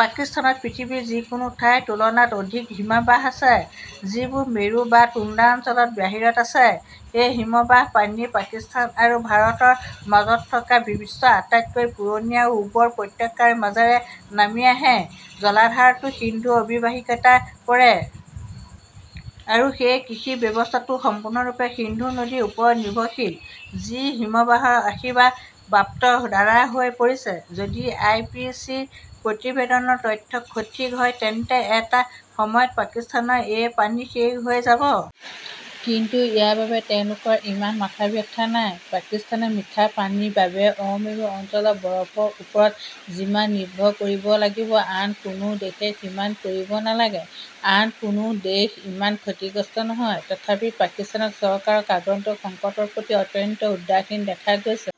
পাকিস্তানত পৃথিৱীৰ যিকোনো ঠাইৰ তুলনাত অধিক হিমবাহ আছে, যিবোৰ মেৰু বা টুন্দ্ৰা অঞ্চলৰ বাহিৰত আছে। এই হিমবাহৰ পানী পাকিস্তান আৰু ভাৰতৰ মাজত থকা বিশ্বৰ আটাইতকৈ পুৰণি আৰু উৰ্বৰ উপত্যকাৰ মাজেৰে নামি আহে। জলধাৰাটো সিন্ধু অৱবাহিকাত পৰে। আৰু সেই কৃষি ব্যৱস্থাটো সম্পূৰ্ণৰূপে সিন্ধু নদীৰ ওপৰত নিৰ্ভৰশীল, যি হিমবাহৰ আশীৰ্বাদপ্ৰাপ্ত ধাৰা হৈ পৰিছে। যদি আই. পি. চি. -ৰ প্ৰতিবেদনৰ তথ্য সঠিক হয় তেন্তে এটা সময়ত পাকিস্তানৰ এই পানী শেষ হৈ যাব। কিন্তু ইয়াৰ বাবে তেওঁলোকৰ ইমান মাথাব্যথা নাই। পাকিস্তানে মিঠা পানীৰ বাবে অ-মেৰু অঞ্চলৰ বৰফৰ ওপৰত যিমান নিৰ্ভৰ কৰিব লাগিব, আন কোনো দেশে সিমান কৰিব নালাগে। আন কোনো দেশ ইমান ক্ষতিগ্ৰস্ত নহয় । তথাপি পাকিস্তান চৰকাৰক আগন্তুক সংকটৰ প্ৰতি অত্যন্ত উদাসীন দেখা গৈছে।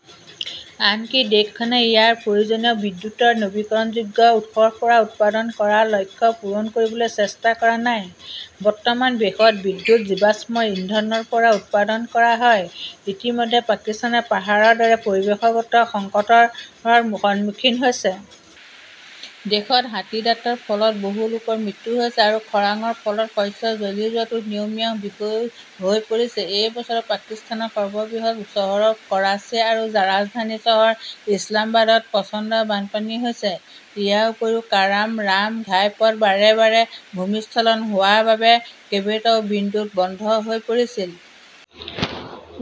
আনকি দেশখনে ইয়াৰ প্ৰয়োজনীয় বিদ্যুতৰ নৱীকৰণযোগ্য উৎসৰ পৰা উৎপাদন কৰাৰ লক্ষ্য পূৰণ কৰিবলৈ চেষ্টা কৰা নাই। বৰ্তমান দেশত বিদ্যুৎ জীৱাশ্ম ইন্ধনৰ পৰা উৎপাদন কৰা হয়। ইতিমধ্যে পাকিস্তানে পাহাৰৰ দৰে পৰিৱেশগত সংকটৰ সন্মুখীন হৈছে । দেশত হাতীদাঁতৰ ফলত বহু লোকৰ মৃত্যু হৈছে আৰু খৰাংৰ ফলত শস্য জ্বলি যোৱাটো নিয়মীয়া বিষয় হৈ পৰিছে। এই বছৰ পাকিস্তানৰ সৰ্ববৃহৎ চহৰ কৰাচী আৰু ৰাজধানী চহৰ ইছলামবাদত প্ৰচণ্ড বানপানী হৈছে। ইয়াৰ উপৰি কাৰাক'ৰাম ঘাইপথ বাৰে বাৰে ভূমিস্খলন হোৱাৰ বাবে কেইবাটাও বিন্দুত বন্ধ হৈ পৰিছিল।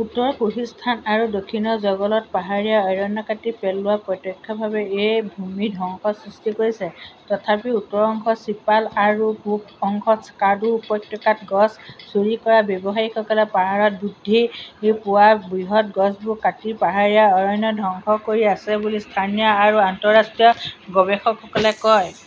উত্তৰ কোহিস্তান আৰু দক্ষিণৰ জগলত পাহাৰীয়া অৰণ্য কাটি পেলোৱাৰ প্ৰত্যক্ষ প্ৰভাৱে এই ভূমি ধ্বংসৰ সৃষ্টি কৰিছে। তথাপি উত্তৰ অংশৰ শিপাল আৰু পূব অংশৰ স্কাৰ্ডু উপত্যকাত গছ চুৰি কৰা ব্যৱসায়ীসকলে পাহাৰত বৃদ্ধি পোৱা বৃহৎ গছবোৰ কাটি পাহাৰীয়া অৰণ্য ধ্বংস কৰি আছে বুলি স্থানীয় আৰু আন্তঃৰাষ্ট্ৰীয় গৱেষকসকলে কয় ।